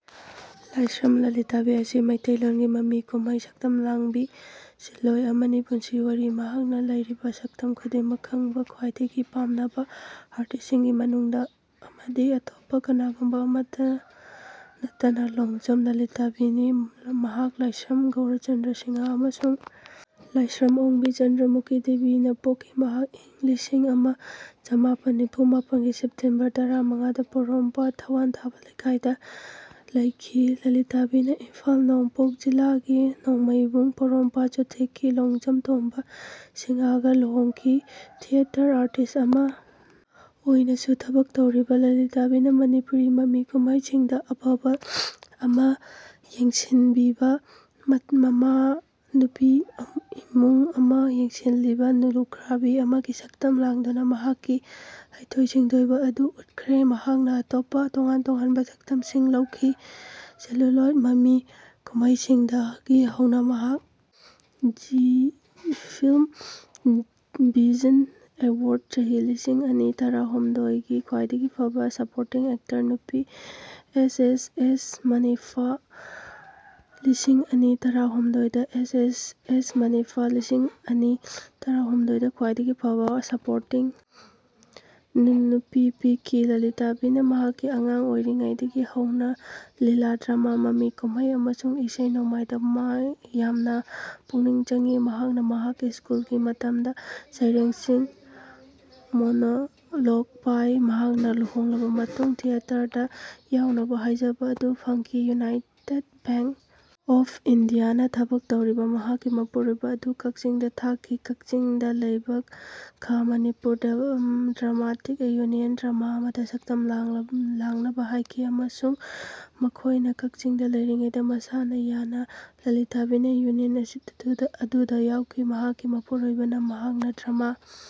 ꯂꯥꯏꯁ꯭ꯔꯝ ꯂꯂꯤꯇꯥꯕꯤ ꯑꯁꯤ ꯃꯤꯇꯩꯂꯣꯟꯒꯤ ꯃꯃꯤ ꯀꯨꯝꯍꯩ ꯁꯛꯇꯝ ꯂꯥꯡꯕꯤ ꯁꯤꯟꯂꯣꯏ ꯑꯃꯅꯤ꯫ ꯄꯨꯟꯁꯤ ꯋꯥꯔꯤ ꯃꯍꯥꯛꯅ ꯂꯧꯔꯤꯕ ꯁꯛꯇꯝ ꯈꯨꯗꯤꯡꯃꯛ ꯈꯪꯕ ꯈ꯭ꯋꯥꯏꯗꯒꯤ ꯄꯥꯝꯅꯕ ꯑꯥꯔꯇꯤꯁ꯭ꯠꯁꯤꯡꯒꯤ ꯃꯅꯨꯡꯗ ꯑꯃꯗꯤ ꯑꯇꯣꯞꯄ ꯀꯅꯥꯒꯨꯝꯕ ꯑꯃꯠꯇ ꯅꯠꯇꯅ ꯂꯣꯡꯖꯝ ꯂꯂꯤꯇꯥꯕꯤꯅꯤ꯫ ꯃꯍꯥꯛ ꯂꯥꯏꯁ꯭ꯔꯝ ꯒꯧꯔꯆꯟꯗ ꯁꯤꯡꯍ ꯑꯃꯁꯨꯡ ꯂꯥꯏꯁ꯭ꯔꯝ ꯑꯣꯡꯕꯤ ꯆꯟꯗ꯭ꯔꯃꯨꯈꯤ ꯗꯦꯕꯤꯗ ꯄꯣꯛꯈꯤ꯫ ꯃꯍꯥꯛ ꯏꯪ ꯂꯤꯁꯤꯡ ꯑꯃ ꯆꯥꯃꯥꯄꯜ ꯅꯤꯐꯨ ꯃꯥꯄꯜꯒꯤ ꯁꯦꯞꯇꯦꯝꯕꯔ ꯇꯔꯥ ꯃꯉꯥꯗ ꯄꯣꯔꯣꯝꯄꯠ ꯊꯥꯋꯟꯊꯥꯕꯥ ꯂꯦꯏꯀꯥꯏꯗ ꯂꯩꯈꯤ꯫ ꯂꯂꯤꯇꯥꯕꯤꯅ ꯏꯝꯐꯥꯜ ꯅꯣꯡꯄꯣꯛ ꯖꯤꯂꯥꯒꯤ ꯅꯣꯡꯃꯥꯏꯕꯨꯡ ꯄꯣꯔꯣꯝꯄꯥꯠ ꯆꯨꯊꯦꯛꯀꯤ ꯂꯣꯡꯖꯥꯝ ꯇꯣꯝꯕ ꯁꯤꯡꯍꯒ ꯂꯨꯍꯣꯡꯈꯤ꯫ ꯊꯤꯌꯦꯇꯔ ꯑꯥꯔꯇꯤꯁ꯭ꯠ ꯑꯃ ꯑꯣꯏꯅꯁꯨ ꯊꯕꯛ ꯇꯧꯔꯤꯕ ꯂꯂꯤꯇꯥꯕꯤꯅ ꯃꯅꯤꯄꯨꯔꯤ ꯃꯃꯤ ꯀꯨꯝꯍꯩꯁꯤꯡꯗ ꯑꯐꯕ ꯑꯃ, ꯌꯦꯡꯁꯤꯟꯕꯤꯕ ꯃꯃꯥꯅꯨꯄꯤ, ꯏꯃꯨꯡ ꯑꯃ ꯌꯦꯡꯁꯤꯜꯂꯤꯕ ꯂꯨꯈ꯭ꯔꯥꯕꯤ ꯑꯃꯒꯤ ꯁꯛꯇꯝ ꯂꯥꯡꯗꯨꯅ ꯃꯍꯥꯛꯀꯤ ꯍꯩꯊꯣꯏ-ꯁꯤꯡꯊꯣꯏꯕ ꯑꯗꯨ ꯎꯠꯈ꯭ꯔꯦ꯫ ꯃꯍꯥꯛꯅ ꯑꯇꯣꯞꯄ ꯇꯣꯉꯥꯟ-ꯇꯣꯉꯥꯟꯕ ꯁꯛꯇꯝꯁꯤꯡ ꯂꯧꯈꯤ꯫ ꯁꯦꯂꯨꯂꯣꯏꯗ ꯃꯃꯤ ꯀꯨꯝꯍꯩꯁꯤꯡꯗꯒꯤ ꯍꯧꯅ ꯃꯍꯥꯛ ꯖꯤ. ꯐꯤꯂꯝ ꯚꯤꯖꯟ ꯑꯦꯋꯥꯔ꯭ꯗꯇ ꯆꯍꯤ ꯂꯤꯁꯤꯡ ꯑꯅꯤ ꯇꯔꯥ ꯍꯨꯝꯗꯣꯏꯒꯤ ꯈ꯭ꯋꯥꯏꯗꯒꯤ ꯐꯕ ꯁꯄꯣꯔꯇꯤꯡ ꯑꯦꯛꯇꯔ (ꯅꯨꯄꯤ), ꯑꯦꯁ. ꯑꯦꯁ. ꯑꯦꯁ. ꯃꯅꯤꯐꯥ ꯂꯤꯁꯤꯡ ꯑꯅꯤ ꯇꯔꯥ ꯍꯨꯝꯗꯣꯏꯗ ꯑꯦꯁ. ꯑꯦꯁ. ꯑꯦꯁ. ꯃꯅꯤꯐꯥ ꯂꯤꯁꯤꯡ ꯑꯅꯤ ꯇꯔꯥ ꯍꯨꯝꯗꯣꯏꯗ ꯈ꯭ꯋꯥꯏꯗꯒꯤ ꯐꯕ ꯁꯄꯣꯔꯇꯤꯡ (ꯅꯨꯄꯤ) ꯄꯤꯈꯤ꯫ ꯂꯂꯤꯇꯥꯕꯤꯅ ꯃꯍꯥꯛꯀꯤ ꯑꯉꯥꯡ ꯑꯣꯏꯔꯤꯉꯩꯗꯒꯤ ꯍꯧꯅ ꯂꯤꯂꯥ, ꯗ꯭ꯔꯃꯥ, ꯃꯃꯤ ꯀꯨꯝꯍꯩ ꯑꯃꯁꯨꯡ ꯏꯁꯩ-ꯅꯣꯡꯃꯥꯏꯗ ꯌꯥꯝꯅ ꯄꯨꯛꯅꯤꯡ ꯆꯪꯉꯤ꯫ ꯃꯍꯥꯛꯅ ꯃꯍꯥꯛꯀꯤ ꯁ꯭ꯀꯨꯜꯒꯤ ꯃꯇꯝꯗ ꯁꯩꯔꯦꯡꯁꯤꯡ, ꯃꯣꯅꯣꯂꯣꯒ ꯄꯥꯏ꯫ ꯃꯍꯥꯛꯅ ꯂꯨꯍꯣꯡꯂꯕ ꯃꯇꯨꯡꯗ ꯊꯤꯌꯦꯇꯔꯗ ꯌꯥꯎꯅꯕ ꯍꯥꯏꯖꯕ ꯑꯗꯨ ꯐꯪꯈꯤ꯫ ꯌꯨꯅꯥꯏꯇꯦꯗ ꯕꯦꯡ ꯑꯣꯐ ꯏꯟꯗꯤꯌꯥꯗ ꯊꯕꯛ ꯇꯧꯔꯤꯕ ꯃꯍꯥꯛꯀꯤ ꯃꯄꯨꯔꯣꯏꯕ ꯑꯗꯨ ꯀꯛꯆꯤꯡꯗ ꯊꯥꯈꯤ꯫ ꯀꯛꯆꯤꯡꯗ ꯂꯩꯕ ꯈꯥ-ꯃꯅꯤꯄꯨꯔ ꯗ꯭ꯔꯥꯃꯦꯇꯤꯛ ꯌꯨꯅꯤꯌꯟꯅ ꯗ꯭ꯔꯃꯥ ꯑꯃꯗ ꯁꯛꯇꯝ ꯂꯥꯡꯅꯕ ꯍꯥꯏꯈꯤ ꯑꯃꯁꯨꯡ ꯃꯈꯣꯏꯅ ꯀꯛꯆꯤꯡꯗ ꯂꯩꯔꯤꯉꯩꯗ ꯃꯁꯥꯅ ꯌꯥꯅ ꯂꯂꯤꯇꯥꯕꯤꯅ ꯌꯨꯅꯤꯌꯟ ꯑꯗꯨꯗ ꯌꯥꯎꯈꯤ꯫ ꯃꯍꯥꯛꯀꯤ ꯃꯄꯨꯔꯣꯏꯕꯅ ꯃꯍꯥꯛꯅ ꯗ꯭ꯔꯃꯥ